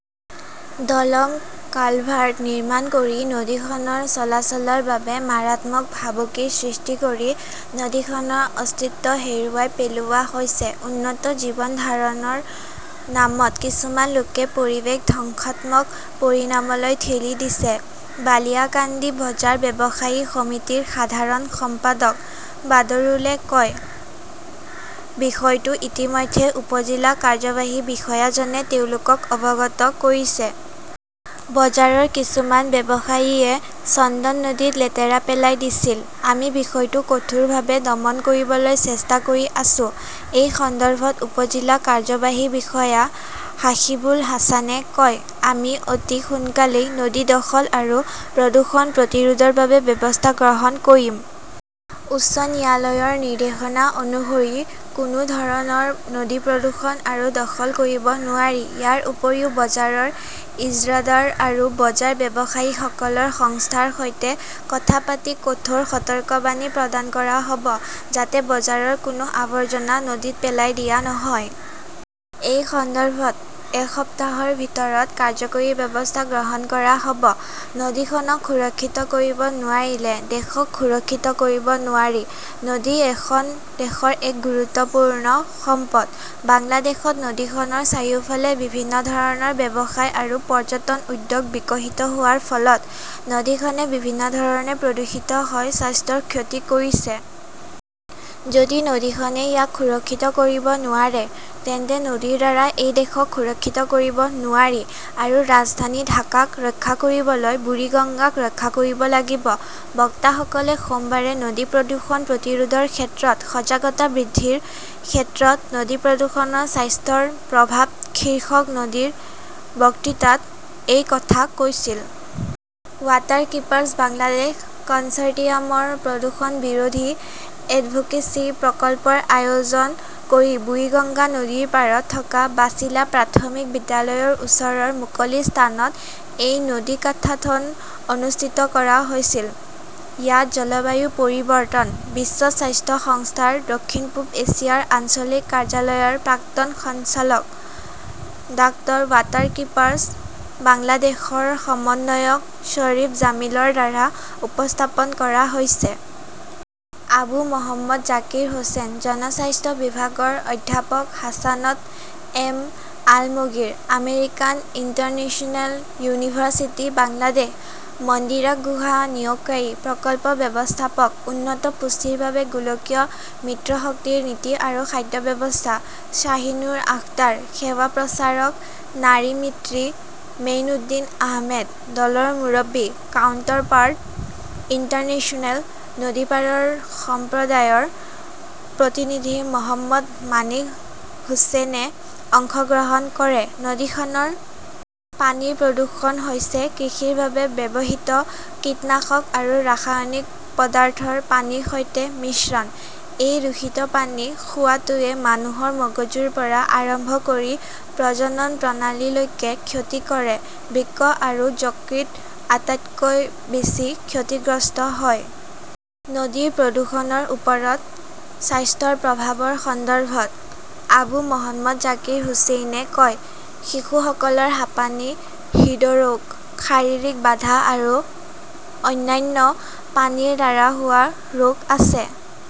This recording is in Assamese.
দলং-কালভাৰ্ট নিৰ্মাণ কৰি নদীখনৰ চলাচলৰ বাবে মাৰাত্মক ভাবুকিৰ সৃষ্টি কৰি নদীখনৰ অস্তিত্ব হেৰুৱাই পেলোৱা হৈছে। উন্নত জীৱন ধাৰণৰ নামত কিছুমান লোকে পৰিৱেশ ধ্বংসাত্মক পৰিণামলৈ ঠেলি দিছে। বালিয়াকান্দি বজাৰ ব্যৱসায়ী সমিতিৰ সাধাৰণ সম্পাদক বাদৰুলে কয়, বিষয়টো ইতিমধ্যে উপ-জিলা কাৰ্যবাহী বিষয়াজনে তেওঁলোকক অৱগত কৰিছে। বজাৰৰ কিছুমান ব্যৱসায়ীয়ে চন্দন নদীত লেতেৰা পেলাই দিছিল। আমি বিষয়টো কঠোৰভাৱে দমন কৰিবলৈ চেষ্টা কৰি আছো। এই সন্দৰ্ভত উপ-জিলা কাৰ্যবাহী বিষয়া হাসিবুল হাছানে কয়, আমি অতি সোনকালেই নদী দখল আৰু প্ৰদূষণ প্ৰতিৰোধৰ বাবে ব্যৱস্থা গ্ৰহণ কৰিম। উচ্চ ন্যায়ালয়ৰ নিৰ্দেশনা অনুসৰি কোনো ধৰণৰ নদী প্ৰদূষণ আৰু দখল কৰিব নোৱাৰি। ইয়াৰ উপৰিও বজাৰৰ ইজৰাদাৰ আৰু বজাৰ ব্যৱসায়ীসকলৰ সংস্থাৰ সৈতে কথা পাতি কঠোৰ সতৰ্কবাণী প্ৰদান কৰা হ'ব যাতে বজাৰৰ কোনো আৱৰ্জনা নদীত পেলাই দিয়া নহয়। এই সন্দৰ্ভত এসপ্তাহৰ ভিতৰত কাৰ্যকৰী ব্যৱস্থা গ্ৰহণ কৰা হ'ব। নদীখনক সুৰক্ষিত কৰিব নোৱাৰিলে, দেশক সুৰক্ষিত কৰিব নোৱাৰি নদী এখন দেশৰ এক গুৰুত্বপূৰ্ণ সম্পদ। বাংলাদেশত নদীখনৰ চাৰিওফালে বিভিন্ন ধৰণৰ ব্যৱসায় আৰু পৰ্যটন উদ্যোগ বিকশিত হোৱাৰ ফলত নদীখনে বিভিন্ন ধৰণে প্ৰদূষিত হৈ স্বাস্থ্যৰ ক্ষতি কৰিছে। যদি নদীখনে ইয়াক সুৰক্ষিত কৰিব নোৱাৰে তেন্তে নদীৰ দ্বাৰা এই দেশক সুৰক্ষিত কৰিব নোৱাৰি। আৰু ৰাজধানী ঢাকাক ৰক্ষা কৰিবলৈ বুৰিগংগাক ৰক্ষা কৰিব লাগিব। বক্তাসকলে সোমবাৰে নদী প্ৰদূষণ প্ৰতিৰোধৰ ক্ষেত্ৰত সজাগতা বৃদ্ধিৰ ক্ষেত্ৰত নদী প্ৰদূষণৰ স্বাস্থ্যৰ প্ৰভাৱ শীৰ্ষক নদীৰ বক্তৃতাত এই কথা কৈছিল। ৱাটাৰকিপাৰ্ছ বাংলাদেশ কনচৰ্টিয়ামৰ প্ৰদূষণ বিৰোধী এডভোকেচি প্ৰকল্পৰ আয়োজন কৰি বুৰিগঙ্গা নদীৰ পাৰত থকা বাচিলা প্ৰাথমিক বিদ্যালয়ৰ ওচৰৰ মুকলি স্থানত এই নদীকাথাথন অনুষ্ঠিত কৰা হৈছিল। ইয়াত জলবায়ু পৰিৱৰ্তন, বিশ্ব স্বাস্থ্য সংস্থাৰ দক্ষিণ-পূব এছিয়াৰ আঞ্চলিক কাৰ্যালয়ৰ প্ৰাক্তন সঞ্চালক ডাঃৱাটাৰকীপাৰ্ছ বাংলাদেশৰ সমন্বয়ক শ্বৰীফ জামিলৰ দ্বাৰা উপস্থাপন কৰা হৈছে। আবু মহম্মদ জাকিৰ হোসেন, জনস্বাস্থ্য বিভাগৰ অধ্যাপক Hasanat M. Alamgir, American International University Bangladesh, Mandira Guha নিয়োগকাৰী, প্ৰকল্প ব্যৱস্থাপক, উন্নত পুষ্টিৰ বাবে গোলকীয় মিত্ৰশক্তিৰ নীতি আৰু খাদ্য ব্যৱস্থা, শ্বাহিনূৰ আখতাৰ, সেৱা প্ৰচাৰক, নাৰী মিত্ৰী, মেইনউদ্দিন আহমেদ, দলৰ মুৰব্বী, কাউণ্টাৰপাৰ্ট ইণ্টাৰনেশ্যনেল, নদীপাৰৰ সম্প্ৰদায়ৰ প্ৰতিনিধি মহম্মদ মাণিক হুসেনে অংশগ্ৰহণ কৰে। নদীখনৰ পানীৰ প্ৰদূষণ হৈছে কৃষিৰ বাবে ব্যৱহৃত কীটনাশক আৰু ৰাসায়নিক পদাৰ্থৰ পানীৰ সৈতে মিশ্ৰণ। এই দূষিত পানী খোৱাটোৱে মানুহৰ মগজুৰ পৰা আৰম্ভ কৰি প্ৰজনন প্ৰণালীলৈকে ক্ষতি কৰে। বৃক্ক আৰু যকৃত আটাইতকৈ বেছি ক্ষতিগ্ৰস্ত হয়। নদীৰ প্ৰদূষণৰ ওপৰত স্বাস্থ্যৰ প্ৰভাৱৰ সন্দৰ্ভত। আবু মহম্মদ জাকিৰ হুচেইনে কয়, শিশুসকলৰ হাপানী, হৃদৰোগ, শাৰীৰিক বাধা আৰু অন্যান্য পানীৰ দ্বাৰা হোৱা ৰোগ আছে।